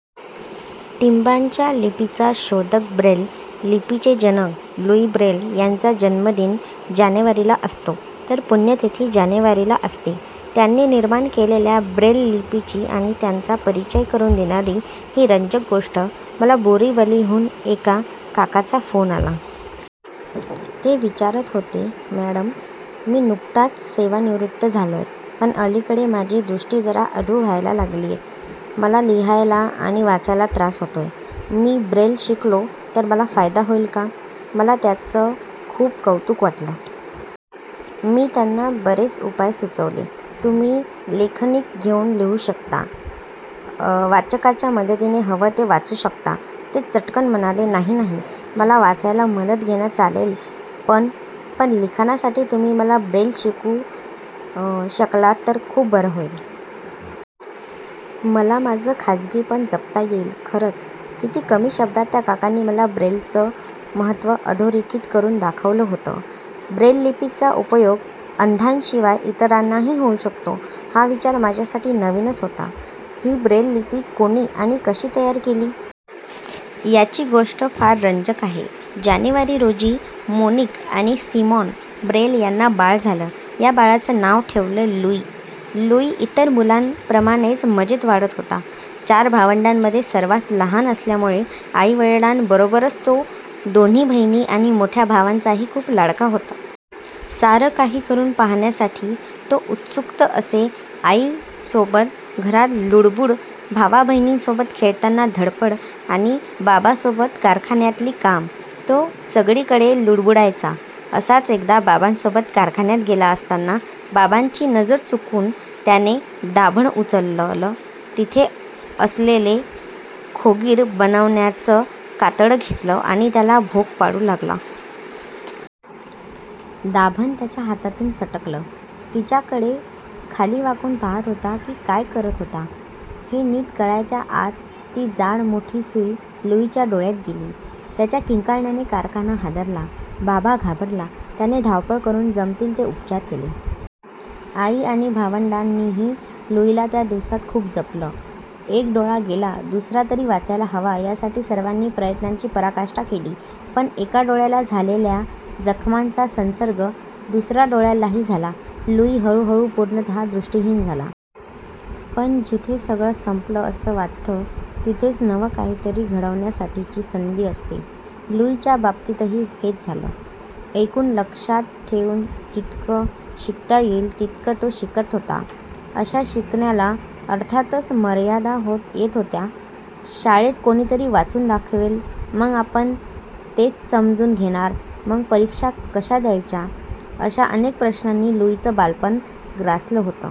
टिंबांच्या लिपीचा शोधक ब्रेल लिपीचे जनक लुई ब्रेल यांचा जन्मदिन जानेवारीला असतो, तर पुण्यतिथी जानेवारीला असते त्यांनी निर्माण केलेल्या ब्रेल लिपीची आणि त्यांचा परिचय करून देणारी ही रंजक गोष्ट- मला बोरिवलीहून एका काकांचा फोन आला. ते विचारत होते, "मॅडम, मी नुकताच सेवानिवृत्त झालोय. पण, अलीकडे माझी दृष्टी जरा अधू व्हायला लागलीये. मला लिहायला आणि वाचायला त्रास होतोय. मी ब्रेल शिकलो तर मला फायदा होईल का? " मला त्यांचं खूप कौतुक वाटलं. मी त्यांना बरेच उपाय सुचवले. तुम्ही लेखनिक घेऊन लिहू शकता, वाचकाच्या मदतीने हवं ते वाचू शकता... ते चटकन म्हणाले, "नाही नाही. मला वाचायला मदत घेणं चालेल पण, पण लिखाणासाठी तुम्ही मला ब्रेल शिकवू शकलात तर खूप बरं होईल. मला माझं खाजगीपण जपता येईल. " खरंच, किती कमी शब्दांत त्या काकांनी मला ब्रेलचं महत्त्व अधोरेखित करून दाखवलंहोतं! ब्रेललिपीचा उपयोग अंधांशिवाय इतरांनाही होऊ शकतो, हा विचार माझ्यासाठी नवीनच होता. ही ब्रेल लिपी कोणी आणि कशी तयार केली? याची गोष्ट फार रंजक आहे. जानेवारी रोजी मोनिक आणि सिमॉन ब्रेल यांना बाळ झालं. या बाळाचं नाव ठेवलं लुई. लुई इतर मुलांप्रमाणेच मजेत वाढत होता. चार भावंडांमध्ये सर्वांत लहान असल्यामुळे आई-वडिलांबरोबरच तो दोन्ही बहिणी आणि मोठ्या भावाचाही खूप लाडका होता. सारं काही करून पाहण्यासाठी तो उत्सुक असे. आईसोबत घरात लुडबूड, भावाबहिणींसोबत खेळताना धडपड आणि बाबासोबत कारखान्यातली कामं. तो सगळीकडे लुडबुडायचा. असाच एकदा बाबासोबत कारखान्यात गेला असताना बाबाची नजर चुकवून त्याने दाभण उचललं. तिथे असलेलं खोगिर बनवण्याचं कातडं घेतलं आणि त्याला भोक पाडू लागला. दाभण त्याच्या हातातून सटकलं. तिच्याकडे खाली वाकून पाहात होता की काय करत होता, हे नीट कळायच्या आत ती जाड, मोठी सुई लुईच्या डोळ्यात गेली. त्याच्या किंकाळीने कारखाना हादरला. बाबा घाबरला. त्याने धावपळ करून जमतील ते उपचार केले. आई आणि भावंडांनीही लुईला त्या दिवसांत खूप जपलं. 'एक डोळा गेला, दुसरा तरी वाचायला हवा' यासाठी सर्वांनी प्रयत्नांची पराकाष्ठा केली. पण, एका डोळ्याला झालेल्या जखमेचा संसर्ग दुसऱ्या डोळ्यालाही झाला. लुई हळूहळू पूर्णतः दृिष्टहीन झाला...... पण, जिथे सगळं संपलं असं वाटतं, तिथेच नवं काहीतरी घडवण्यासाठीची संधीही असते. लुईच्या बाबतीतही हेच झालं. ऐकून, लक्षातठेवून जितकं शिकता येईल तितकं तो शिकत होता. अशा शिकण्याला अर्थातच मर्यादा येत होत्या. शाळेत कोणीतरी वाचून दाखवेल, मग, आपण तेसमजून घेणार, मग, परीक्षा कशा द्यायच्या? अशा अनेक प्रश्नांनी लुईचं बालपण ग्रासलं होतं.